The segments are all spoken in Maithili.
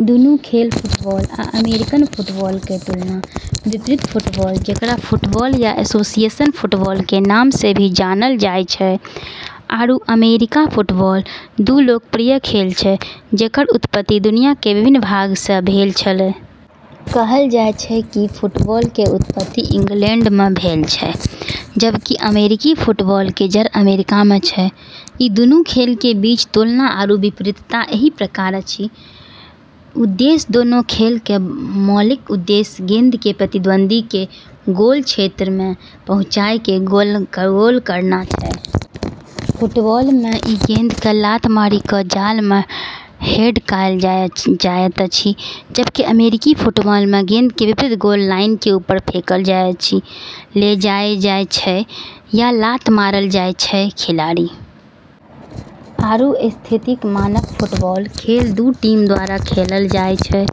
दुनू खेल - फुटबॉल आ अमेरिकन फुटबॉल - के तुलना आ विपरीतफुटबॉल, जेकरा फुटबॉल या एसोसिएशन फुटबॉल के नाम से भी जानल जाय छै, आरू अमेरिकी फुटबॉल, दू लोकप्रिय खेल छै जेकर उत्पत्ति दुनिया के विभिन्न भाग से भेल छेलै। कहल जाय छै कि फुटबॉल के उत्पत्ति इंग्लैंड में भेल छै, जबकि अमेरिकी फुटबॉल के जड़ अमेरिका में छै। ई दूनू खेल के बीच तुलना आरू विपरीतता एहि प्रकार अछि। उद्देश्य दोनों खेल के मौलिक उद्देश्य गेंद के प्रतिद्वंदी के गोल क्षेत्र में पहुँचाय क गोल करना छै। फुटबॉल में ई गेंद के लात मारि क या जाल में हेड कयल जाइत अछि। जबकि अमेरिकी फुटबॉल में गेंद के विपक्षी गोल लाइन के ऊपर फेंकल जाय छै, ले जायल जाय छै या लात मारल जाय छै। खिलाड़ी आरू स्थितिएक मानक फुटबॉल खेल दू टीम द्वारा खेलल जाय छै,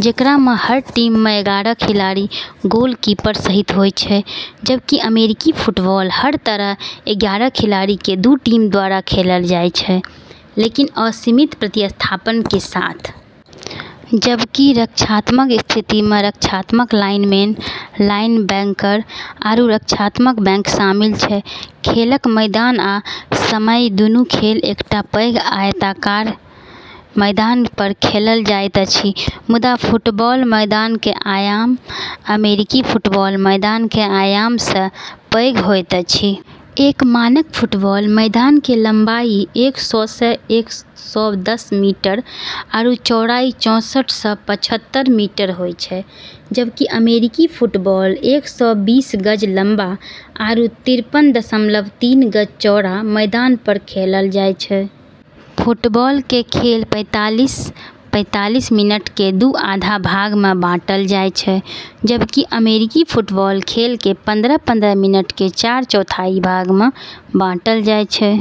जेकरा में हर टीम में एगारह खिलाड़ी गोलकीपर सहित होय छै। जबकि अमेरिकी फुटबॉल हर तरफ एगारह खिलाड़ी के दू टीम द्वारा खेलल जाय छै, लेकिन असीमित प्रतिस्थापन के साथ। जबकि रक्षात्मक स्थिति में रक्षात्मक लाइनमैन, लाइनबैकर आरू रक्षात्मक बैक शामिल छै। खेलक मैदान आ समयदुनू खेल एकटा पैघ आयताकार मैदान पर खेलल जाइत अछि, मुदा फुटबॉल मैदान के आयाम अमेरिकी फुटबॉल मैदान के आयाम से पैघ होइत अछि। एक मानक फुटबॉल मैदान के लम्बाई एक सौ से एक सौ दस मीटर आरू चौड़ाई चौंसठ से पचहत्तर मीटर होय छै। जबकि अमेरिकी फुटबॉल एक सौ बीस गज लम्बा आरू तिरपन दशमलव तीन गज चौड़ा मैदान पर खेलल जाय छै। फुटबॉल के खेल के पैंतालीस पैंतालीस मिनट के दू आधा भाग में बाँटल जाय छै। जबकि अमेरिकी फुटबॉल खेल के पंद्रह पंद्रह मिनट के चार चौथाई भाग में बाँटल जाय छै।